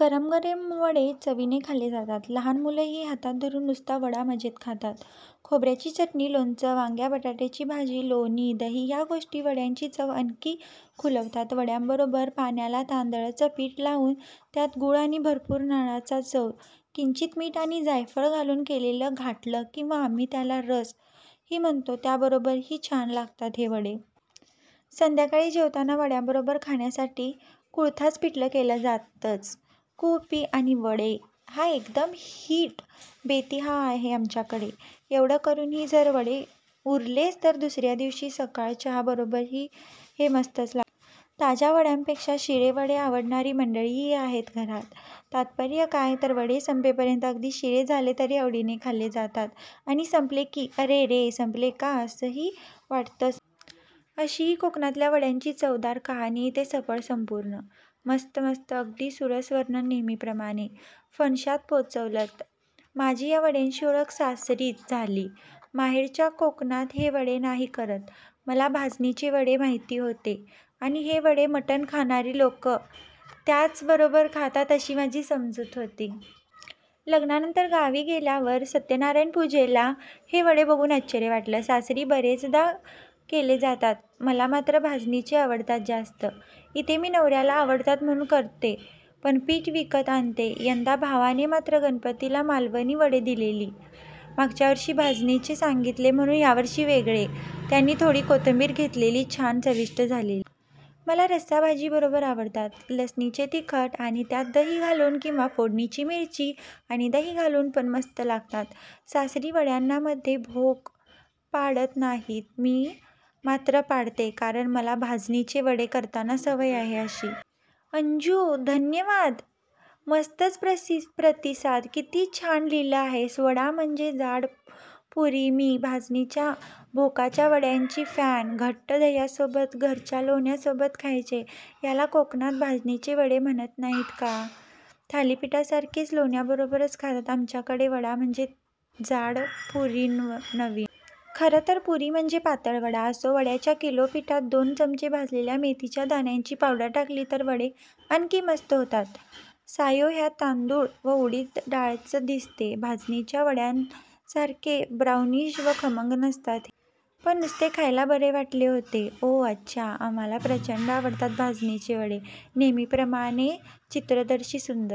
गरम गरम वडे चवीने खाल्ले जातात. लहान मुलं ही हातात धरून नुसता वडा मजेत खातात. खोबऱ्याची चटणी, लोणचं, वांग्या बटाट्याची भाजी, लोणी, दही ह्या गोष्टी वड्याची चव आणखी खुलवतात. वड्यांबरोबर पाण्याला तांदळाचं पीठ लावून त्यात गूळ आणि भरपूर नारळाचा चव, किंचित मीठ आणि जायफळ घालून केलेलं घाटलं किंवा आम्ही त्याला " रस " ही म्हणतो त्या बरोबर ही छान लागतात हे वडे. संध्याकाळी जेवताना वड्यांबरोबर खाण्यासाठी कुळथाच पिठलं केलं जातच. कु पी आणि वडे हा एकदम हिट बेत आहे आमच्याकडे. एवढं करून ही जर वडे उरलेच तर दुसऱ्या दिवशी सकाळी चहा बरोबर ही हे मस्तच लागतात. ताज्या वड्यांपेक्षा शिळे वडे आवडणारी मंडळी ही आहेत घरात. तात्पर्य काय तर वडे संपेपर्यंत अगदी शिळे झाले तरी आवडीने खाल्ले जातात. आणि संपले की " अरे रे! संपले का "? अस ही वाटतंच नेहमीच. अशी ही कोकणातल्या वड्यांची चवदार कहाणी इथे सफळ संपूर्ण. मस्त मस्त अगदी सुरस वर्णन नेहेमीप्रमाणे. फणशात पोचवलंत. माझी ह्या वड्यांशी ओळख सासरीच झाली, माहेरच्या कोकणात हे वडे नाही करत. मला भाजणीचे वडे माहिती होते आणि हे वडे मटण खाणारी लोकं त्याबरोबर खातात अशी माझी समजूत होती. लग्नानंतर गावी गेल्यावर सत्यनारायण पूजेला हे वडे बघून आश्चर्य वाटलं. सासरी बरेचदा केले जातात. मला मात्र भाजणीचे आवडतात जास्त. इथे मी नवऱ्याला आवडतात म्हणून करते पण पीठ विकत आणते. यंदा भावाने मात्र गणपतीत मालवणी वडे दिलेली, मागच्यावर्षी भाजणीचे सांगितले म्हणून यावर्षी वेगळे, त्यांनी थोडी कोथिंबीर घातलेली, छान चविष्ट झालेले. मला रस्सा भाजी बरोबर आवडतात, लसणीचे तिखट आणि त्यात दही घालून किंवा फोडणीची मिरची आणि दही घालून पण मस्त लागतात. सासरी वड्यांना मध्ये भोक पाडत नाहीत, मी मात्र पाडते कारण मला भाजणीचे वडे करताना सवय आहे तशी. अंजू, धन्यवाद! मस्तच प्रतिसाद, किती छान लिहिलं आहेस. वडा म्हणजे जाड पुरीमी भाजणीच्या भोकाच्या वड्यांची फॅन. घट्ट दह्यासोबत, घरच्या लोण्यासोबत खायचे. ह्याला कोकणात भाजणीचे वडे म्हणत नाहीत का? थालिपीठासारखेच लोण्याबरोबर खातात आमच्याकडे. वडा म्हणजे जाड पुरीनवीन, -. खरं तर पुरी म्हणजे पातळ वडा. असो, वड्याच्या किलो पिठात दोन चमचे भाजलेल्या मेथीच्या दाण्यांची पावडर टाकली तर वडे आणखी मस्त होतात. सायो, ह्यात तांदूळ व उडीद डाळच दिसतेय. भाजणीच्या वड्यासारखे ब्राऊनिश व खमंग नसतात हे. पण नुसते खायला बरे वाटले होते. ओह अच्छा. आम्हांला प्रचंडच आवडतात भाजणीचे वडे. नेहमीप्रमाणे चित्रदर्शी सुंदर